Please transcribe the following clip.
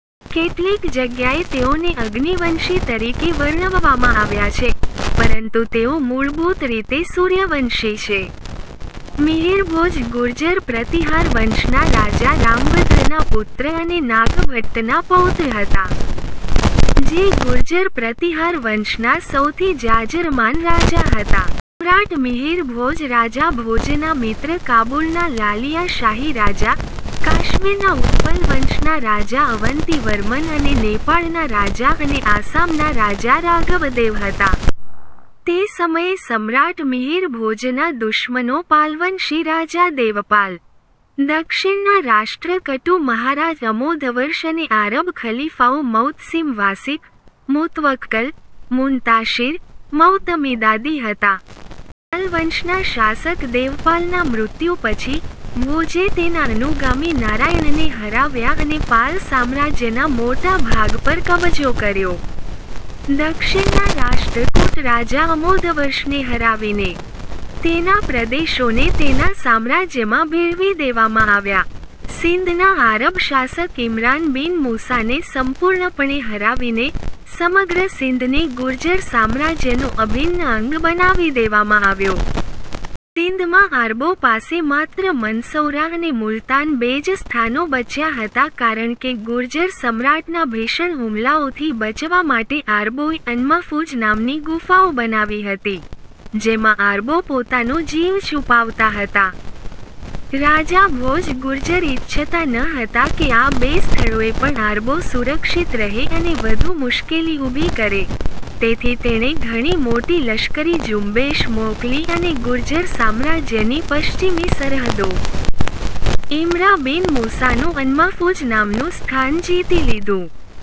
કેટલીક જગ્યાએ તેઓને અગ્નિવંશી તરીકે વર્ણવવામાં આવ્યા છે, પરંતુ તેઓ મૂળભૂત રીતે સૂર્યવંશી છે. મિહિરભોજ ગુર્જર પ્રતિહાર વંશના રાજા રામભદ્રના પુત્ર અને નાગભટ્ટ ના પૌત્ર હતા. જે ગુર્જર પ્રતિહાર વંશના સૌથી જાજરમાન રાજા હતા. સમ્રાટ મિહિર ભોજ રાજા ભોજના મિત્ર કાબુલના લાલિયા શાહી રાજા, કાશ્મીરના ઉત્પલ વંશના રાજા અવંતિ વર્મન અને નેપાળના રાજા અને આસામના રાજા રાઘવદેવ હતા. તે સમયે સમ્રાટ મિહિર ભોજના દુશ્મનો પાલવંશી રાજા દેવપાલ, દક્ષિણના રાષ્ટ્ર કટુ મહારાજ અમોધવર્ષ અને આરબ ખલીફાઓ મૌતસિમ વાસિક, મુતવક્કલ, મુન્તાશીર, મૌતમિદાદી હતા. પાલ વંશના શાસક દેવપાલના મૃત્યુ પછી, ભોજે તેના અનુગામી નારાયણને હરાવ્યા અને પાલ સામ્રાજ્યના મોટા ભાગ પર કબજો કર્યો. દક્ષિણના રાષ્ટ્રકુટ રાજા અમોધવર્ષને હરાવીને, તેના પ્રદેશોને તેના સામ્રાજ્યમાં ભેળવી દેવામાં આવ્યા. સિંધના આરબ શાસક ઈમરાન બિન મુસાને સંપૂર્ણપણે હરાવીને, સમગ્ર સિંધને ગુર્જર સામ્રાજ્યનો અભિન્ન અંગ બનાવી દેવામાં આવ્યો. સિંધમાં આરબો પાસે માત્ર મન્સૌરા અને મુલતાન બે જ સ્થાનો બચ્યા હતા કારણ કે ગુર્જર સમ્રાટના ભીષણ હુમલાઓથી બચવા માટે આરબોએ અનમહફૂઝ નામની ગુફાઓ બનાવી હતી, જેમાં આરબો પોતાનો જીવ છુપાવતા હતા. રાજા ભોજ ગુર્જર ઇચ્છતા ન હતા કે આ બે સ્થળોએ પણ આરબો સુરક્ષિત રહે અને વધુ મુશ્કેલી ઊભી કરે, તેથી તેણે ઘણી મોટી લશ્કરી ઝુંબેશ મોકલી અને ગુર્જર સામ્રાજ્યની પશ્ચિમી સરહદો, ઇમરાન બિન મુસાનું અનમહફૂઝ નામનું સ્થાન જીતી લીધું.